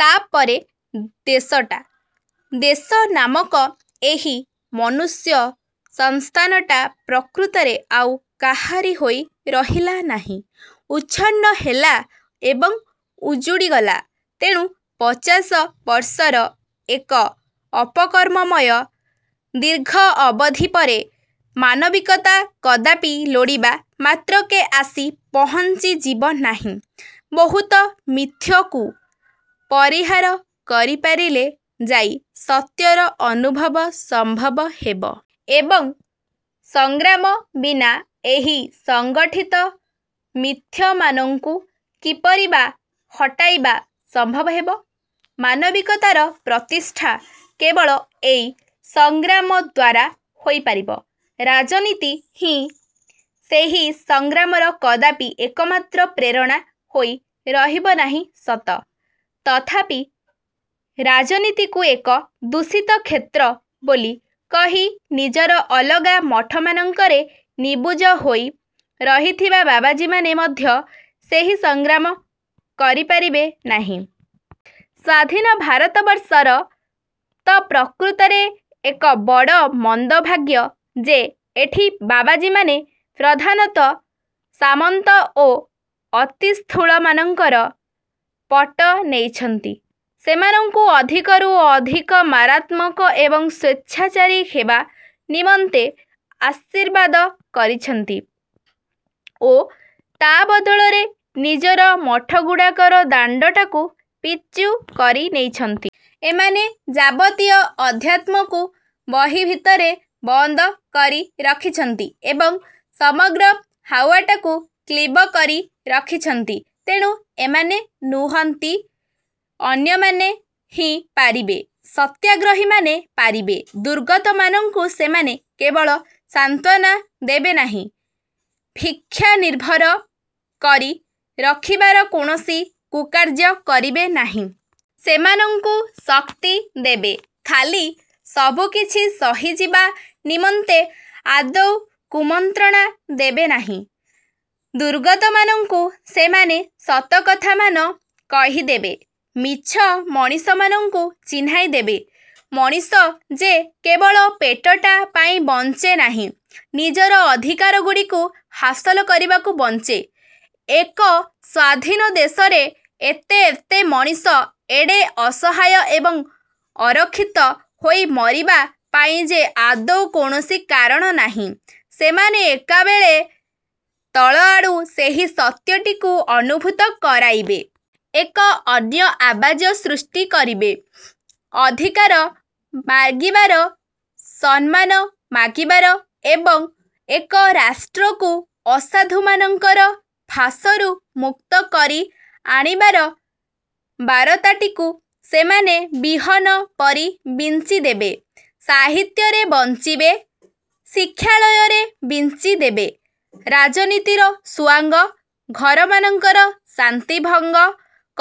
ତା'ପରେ ଦେଶଟା, ଦେଶନାମକ ଏହି ମନୁଷ୍ୟସଂସ୍ଥାନଟା ପ୍ରକୃତରେ ଆଉ କାହାରି ହୋଇ ରହିଲା ନାହିଁ। ଉଚ୍ଛନ୍ନ ହେଲା ଏବଂ ଉଜୁଡ଼ିଗଲା। ତେଣୁ, ପଚାଶ ବର୍ଷର ଏକ ଅପକର୍ମମୟ ଦୀର୍ଘ ଅବଧିପରେ ମାନବିକତା କଦାପି ଲୋଡ଼ିବା ମାତ୍ରକେ ଆସି ପହଂଚି ଯିବ ନାହିଁ। ବହୁତ ମିଥ୍ୟକୁ ପରିହାର କରିପାରିଲେ ଯାଇ ସତ୍ୟର ଅନୁଭବ ସମ୍ଭବ ହେବ। ଏବଂ, ସଂଗ୍ରାମ ବିନା ଏହି ସଂଗଠିତ ମିଥ୍ୟମାନଙ୍କୁ କିପରି ବା ହଟାଇବା ସମ୍ଭବ ହେବ? ମାନବିକତାର ପ୍ରତିଷ୍ଠା କେବଳ ଏକ ସଂଗ୍ରାମ ଦ୍ୱାରା ହୋଇପାରିବ। ରାଜନୀତି ହିଁ ସେହି ସଂଗ୍ରାମର କଦାପି ଏକମାତ୍ର ପ୍ରେରଣା ହୋଇ ରହିବନାହିଁ ସତ, ତଥାପି ରାଜନୀତିକୁ ଏକ ଦୂଷିତ କ୍ଷେତ୍ର ବୋଲି କହି ନିଜର ଅଲଗା ମଠମାନଙ୍କରେ ନିବୁଜ ହୋଇ ରହିଥିବା ବାବାଜୀମାନେ ମଧ୍ୟ ସେହି ସଂଗ୍ରାମ କରିପାରିବେ ନାହିଁ। ସ୍ୱାଧୀନ ଭାରତବର୍ଷର ତ ପ୍ରକୃତରେ ଏକ ବଡ଼ ମନ୍ଦଭାଗ୍ୟ ଯେ, ଏଠି ବାବାଜୀମାନେ ପ୍ରଧାନତଃ ସାମନ୍ତ ଓ ଅତିସ୍ଥୂଳମାନଙ୍କର ପଟ ନେଇଛନ୍ତି, ସେମାନଙ୍କୁ ଅଧିକରୁ ଅଧିକ ମାରାତ୍ମକ ଏବଂ ସ୍ୱେଚ୍ଛାଚାରୀ ହେବା ନିମନ୍ତେ ଆଶୀର୍ବାଦ କରିଛନ୍ତି ଓ ତା' ବଦଳରେ ନିଜର ମଠଗୁଡ଼ାକର ଦାଣ୍ଡଟାକୁ ପିଚୁ କରି ନେଇଛନ୍ତି। ଏମାନେ ଯାବତୀୟ ଅଧ୍ୟାତ୍ମକୁ ବହି ଭିତରେ ବନ୍ଦ କରି ରଖିଛନ୍ତି ଏବଂ ସମଗ୍ର ହାଉଆଟାକୁ କ୍ଲୀବ କରି ରଖିଛନ୍ତି। ତେଣୁ, ଏମାନେ ନୁହନ୍ତି, ଅନ୍ୟମାନେ ହିଁ ପାରିବେ। ସତ୍ୟାଗ୍ରହୀମାନେ ପାରିବେ। ଦୁର୍ଗତମାନଙ୍କୁ ସେମାନେ କେବଳ ସାନ୍ତ୍ୱନା ଦେବେନାହିଁ, ଭିକ୍ଷାନିର୍ଭର କରି ରଖିବାର କୌଣସି କୁକାର୍ଯ୍ୟ କରିବେ ନାହିଁ। ସେମାନଙ୍କୁ ଶକ୍ତି ଦେବେ। ଖାଲି ସବୁକିଛି ସହିଯିବା ନିମନ୍ତେ ଆଦୌ କୁମନ୍ତ୍ରଣା ଦେବେ ନାହିଁ। ଦୁର୍ଗତମାନଙ୍କୁ ସେମାନେ ସତକଥାମାନ କହିଦେବେ। ମିଛ ମଣିଷମାନଙ୍କୁ ଚିହ୍ନାଇଦେବେ। ମଣିଷ ଯେ କେବଳ ପେଟଟା ପାଇଁ ବଂଚେ ନାହିଁ, ନିଜର ଅଧିକାରଗୁଡ଼ିକୁ ହାସଲ କରିବାକୁ ବଂଚେ, ଏକ ସ୍ୱାଧୀନ ଦେଶର ଏତେ ଏତେ ମଣିଷ ଏଡ଼େ ଅସହାୟ ଏବଂ ଅରକ୍ଷିତ ହୋଇ ମରିବା ପାଇଁ ଯେ ଆଦୌ କୌଣସି କାରଣ ନାହିଁ, ସେମାନେ ଏକାବେଳେକେ ତଳଆଡୁ ସେହି ସତ୍ୟଟିକୁ ଅନୁଭୂତ କରାଇବେ। ଏକ ଅନ୍ୟ ଆବାଜ ସୃଷ୍ଟି କରିବେ। ଅଧିକାର ମାଗିବାର, ସମ୍ମାନ ମାଗିବାର ଏବଂ ଏକ ରାଷ୍ଟ୍ରକୁ ଅସାଧୁମାନଙ୍କର ଫାଶରୁ ମୁକ୍ତ କରି ଆଣିବାର ବାରତାଟିକୁ ସେମାନେ ବିହନ ପରି ବିଞ୍ଚିଦେବେ। ସାହିତ୍ୟରେ ବଂଚିବେ, ଶିକ୍ଷାଳୟରେ ବିଞ୍ଚିଦେବେ, ରାଜନୀତିର ସୁଆଙ୍ଗ-ଘରମାନଙ୍କର ଶାନ୍ତିଭଙ୍ଗ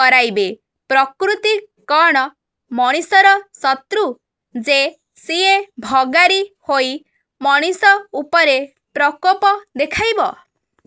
କରାଇବେ। ପ୍ରକୃତି କ'ଣ ମଣିଷର ଶତ୍ରୁ ଯେ ସିଏ ଭଗାରି ହୋଇ ମଣିଷ ଉପରେ ପ୍ରକୋପ ଦେଖାଇବ?